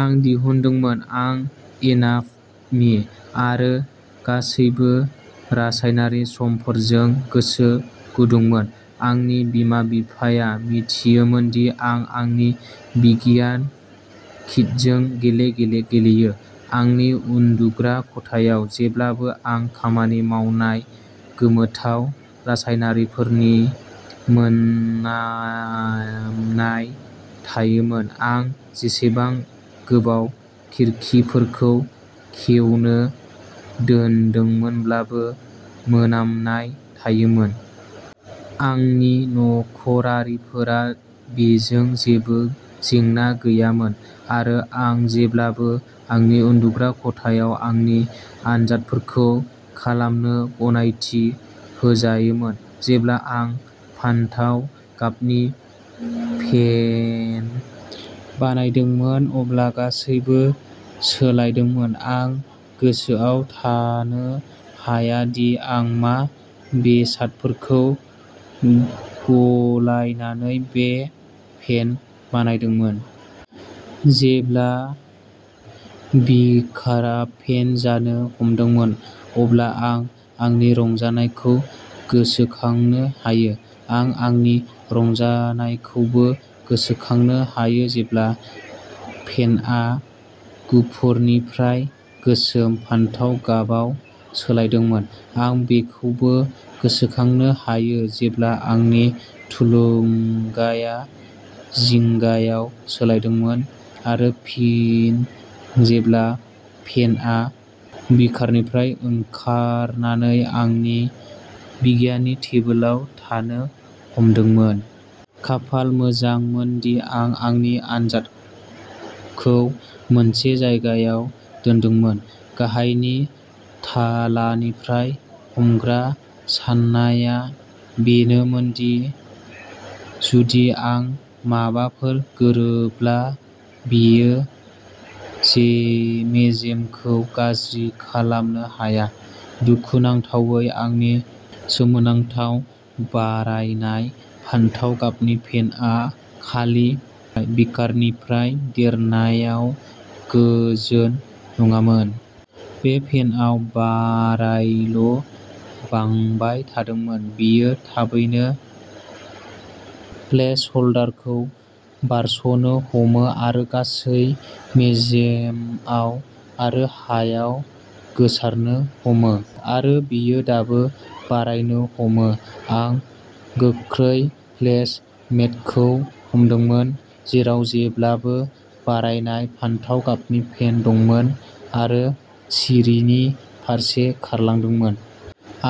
आं दिहुनदोंमोन। आं एनापमी आरो गासैबो रासायनारि समफोरजों गोसो गुदुंमोन। आंनि बिमा-बिफाया मिथियोमोन दि आं आंनि बिगियान किटजों गेले-गेले गेलेयो। आंनि उन्दुग्रा खथायाव जेब्लाबो आं खामानि मावनाय गोमोथाव रासायनारिफोरनि मोनामनाय थायोमोन। आं जेसेबां गोबाव खिरखिफोरखौ खेवनो दोनदोंमोनब्लाबो मोनामनाय थायोमोन। आंनि नखरारिफोरा बेजों जेबो जेंना गैयामोन आरो आं जेब्लाबो आंनि उन्दुग्रा खथायाव आंनि आनजादफोरखौ खालामनो गनायथि होजायोमोन। जेब्ला आं फान्थाव गाबनि फेन बानायदोंमोन अब्ला गासैबो सोलायदोंमोन। आं गोसोआव थानो हाया दि आं मा बेसादफोरखौ गलायनानै बे फेन बानायदोंमोन। जेब्ला बीकारआ फेन जानो हमदोंमोन अब्ला आं आंनि रंजानायखौ गोसोखांनो हायो। आं आंनि रंजानायखौबो गोसोखांनो हायो जेब्ला फेनआ गुफुरनिफ्राय गोसोम फान्थाव गाबाव सोलायदोंमोन। आं बेखौबो गोसोखांनो हायो जेब्ला आंनि थुलुंगाया जिंगायाव सोलायदोंमोन आरो फिन जेब्ला फेनआ बीकारनिफ्राय ओंखारनानै आंनि बिगियाननि टेबोलाव थांनो हमदोंमोन। खाफाल मोजां मोनदि आं आंनि आनजादखौ मोनसे जायगायाव दोनदोंमोन। गाहायनि थालानिफ्राय हमग्रा। साननाया बेनोमोन दि जुदि आं माबाफोर गोरोब्ला बेयो जे मेजखौ गाज्रि खालामनो हाया। दुखुनांथावै आंनि सोमोनांथाव बारायनाय फान्थाव गाबनि फेन आ खालि बीकारनिफ्राय देरनायाव गोजोन नङामोन। बे फेनआ बारायल' बांबाय थादोंमोन। बेयो थाबैनो प्लेस ह'ल्डारखौ बारस'नो हमो आरो गासै मेजआव आरो हायाव गोसारनो हमो। आरो बेयो दाबो बारायनो हमो। आं गोख्रै प्लेस मेटखौ हमदोंमोन जेराव जेब्लाबो बारायनाय फान्थाव गाबनि फेन दंमोन आरो सिरिनि फारसे खारलांदोंमोन।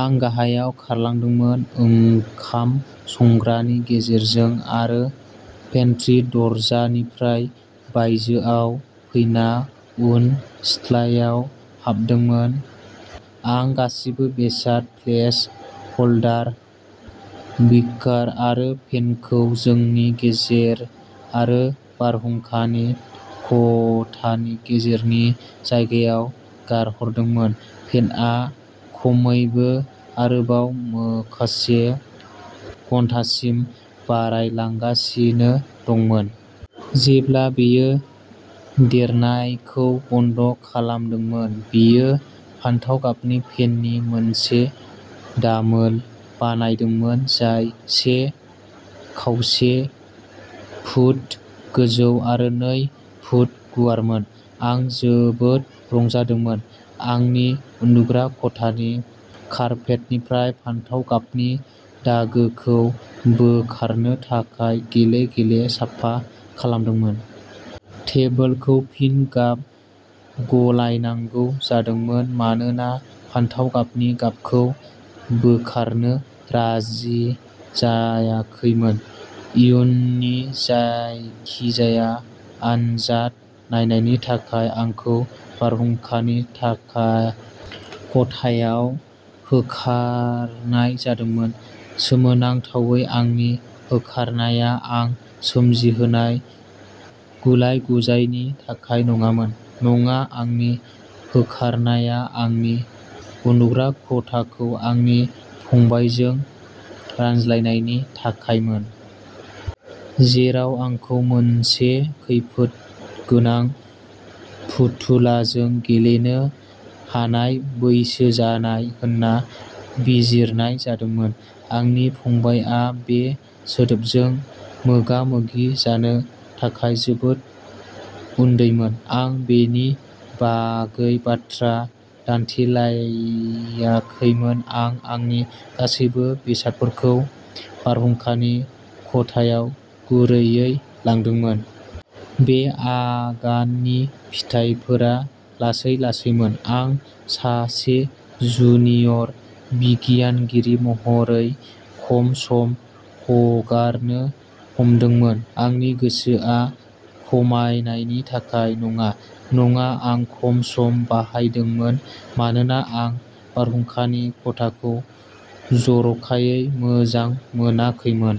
आं गाहायाव खारलांदोंमोन, ओंखाम संग्रानि गेजेरजों आरो पेन्ट्री दरजानिफ्राय बायजोआव फैना उन सिथ्लायाव हाबदोंमोन। आं गासिबो बेसाद, प्लेस ह'ल्डार, बीकार आरो फेनखौ जोंनि गेजेर आरो बारहुंखानि खथानि गेजेरनि जायगायाव गारहरदोंमोन। फेनआ खमैबो आरोबाव माखासे घन्टासिम बारायलांगासिनो दंमोन। जेब्ला बेयो देरनायखौ बन्द खालामदोंमोन, बेयो फान्थाव गाबनि फेननि मोनसे दामोल बानायदोंमोन जाय से खावसे फुट गोजौ आरो नै फुट गुवारमोन। आं जोबोद रंजादोंमोन। आंनि उन्दुग्रा खथानि कार्पेटनिफ्राय फान्थाव गाबनि दागोखौ बोखारनो थाखाय गेले-गेले साफा खालामनांदोंमोन। टेबोलखौ फिन गाब गलायनांगौ जादोंमोन मानोना फान्थाव गाबनि गाबखौ बोखारनो राजि जायाखैमोन। इयुननि जायखिजाया आनजाद नायनायनि थाखाय आंखौ बारहुंखानि थाखा खथायाव होखारनाय जादोंमोन। सोमोनांथावै आंनि होखारनाया आं सोमजिहोनाय गुलाय-गुजायनि थाखाय नङामोन। नङा, आंनि होखारनाया आंनि उन्दुग्रा खथाखौ आंनि फंबायजों रानलायनायनि थाखायमोन। जेराव आंखौ मोनसे खैफोदगोनां फुथुलाजों गेलेनो हानाय बैसो जानाय होन्ना बिजिरनाय जादोंमोन, आंनि फंबायआ बे बेसादजों मोगा मोगि जानो थाखाय जोबोद उन्दैमोन। आं बेनि बागै बाथ्रा दान्थेलायाखैमोन। आं आंनि गासैबो बेसादफोरखौ बारहुंखानि खथायाव गुरैयै लांदोंमोन। बे आगाननि फिथाइफोरा लासै-लासैमोन। आं सासे जुनियर बिगियानगिरि महरै खम सम हगारनो हमदोंमोन। आंनि गोसोआ खमायनायनि थाखाय नङा। नङा, आं खम सम बाहायदोंमोन मानोना आं बारहुंखानि खथाखौ जर'खायै मोजां मोनाखैमोन।